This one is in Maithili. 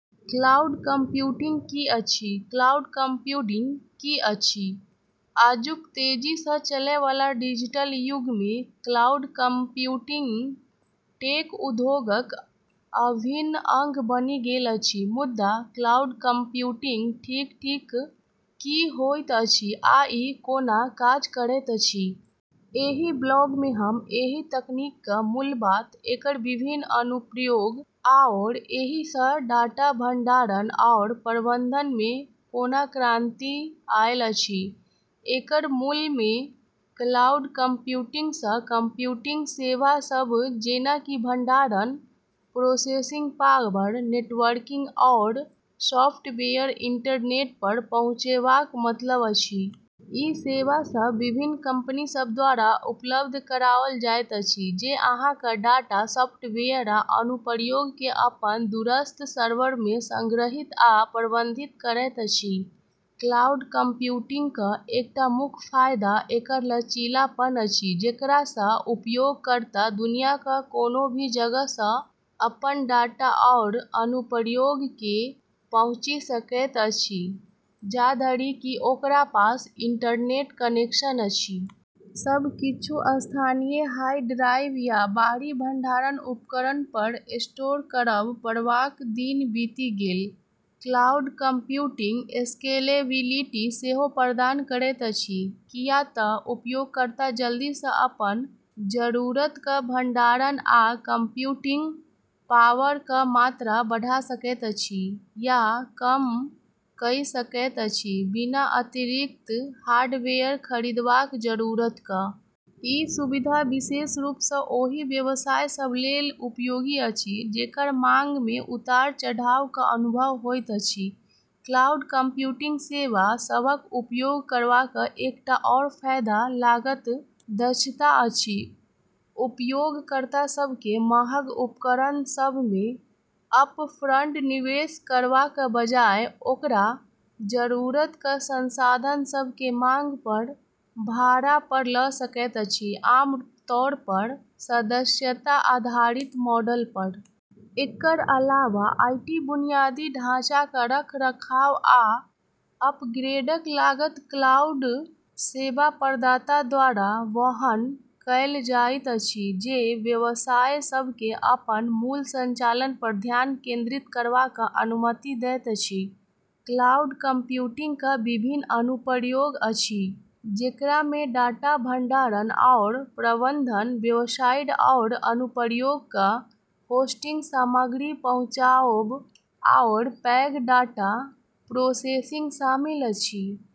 क्लाउड कंप्यूटिंग की अछि? क्लाउड कंप्यूटिंग की अछि? आजुक तेजी सँ चलै बला डिजिटल युग मे क्लाउड कंप्यूटिंग टेक उद्योगक अभिन्न अंग बनि गेल अछि। मुदा क्लाउड कंप्यूटिंग ठीक-ठीक की होइत अछि, आ ई कोना काज करैत अछि? एहि ब्लॉग मे हम एहि तकनीकक मूल बात, एकर विभिन्न अनुप्रयोग, आओर एहि सँ डाटा भंडारण आओर प्रबंधन मे कोना क्रांति आयल अछि। एकर मूल मे क्लाउड कंप्यूटिंग सँ कंप्यूटिंग सेवा सभ-जेना कि भंडारण, प्रोसेसिंग पावर, नेटवर्किंग आओर सॉफ्टवेयर-इंटरनेट पर पहुँचेबाक मतलब अछि। ई सेवा सभ विभिन्न कंपनी सभ द्वारा उपलब्ध कराओल जाइत अछि, जे अहाँक डाटा, सॉफ्टवेयर आ अनुप्रयोग केँ अपन दूरस्थ सर्वर मे संग्रहीत आ प्रबंधित करैत अछि। क्लाउड कंप्यूटिंगक एकटा मुख्य फायदा एकर लचीलापन अछि, जेकरा सँ उपयोगकर्ता दुनियाक कोनो भी जगह सँ अपन डाटा आओर अनुप्रयोग केँ पहुँची सकैत अछि, जाधरि कि ओकरा पास इंटरनेट कनेक्शन अछि। सब किछु स्थानीय हार्ड ड्राइव या बाहरी भंडारण उपकरण पर स्टोर करब पड़बाक दिन बीति गेल। क्लाउड कंप्यूटिंग स्केलेबिलिटी सेहो प्रदान करैत अछि, कियाक तँ उपयोगकर्ता जल्दी सँ अपन जरूरतक भंडारण आ कंप्यूटिंग पावरक मात्रा बढ़ा सकैत अछि या कम कइ सकैत अछि, बिना अतिरिक्त हार्डवेयर खरीदबाक जरूरतक। ई सुविधा विशेष रूप सँ ओहि व्यवसाय सभ लेल उपयोगी अछि, जेकर मांग मे उतार-चढ़ावक अनुभव होइत अछि। क्लाउड कंप्यूटिंग सेवा सभक उपयोग करबाक एकटा आओर फायदा लागत दक्षता अछि। उपयोगकर्ता सभ केँ महग उपकरण सभ मे अपफ्रंट निवेश करबाक बजाय, ओकरा जरूरतक संसाधन सभ केँ मांग पर भाड़ा पर लऽ सकैत अछि, आमतौर पर सदस्यता आधारित मॉडल पर। एकर अलावा आईटी बुनियादी ढाँचाक रखरखाव आ अपग्रेडक लागत क्लाउड सेवा प्रदाता द्वारा वहन कएल जाइत अछि, जे व्यवसाय सभ केँ अपन मूल संचालन पर ध्यान केंद्रित करबाक अनुमति दैत अछि। क्लाउड कंप्यूटिंगक विभिन्न अनुप्रयोग अछि, जेकरा मे डाटा भंडारण आओर प्रबंधन, वेबसाइट आओर अनुप्रयोगक होस्टिंग, सामग्री पहुँचाओब, आओर पैघ डाटा प्रोसेसिंग शामिल अछि।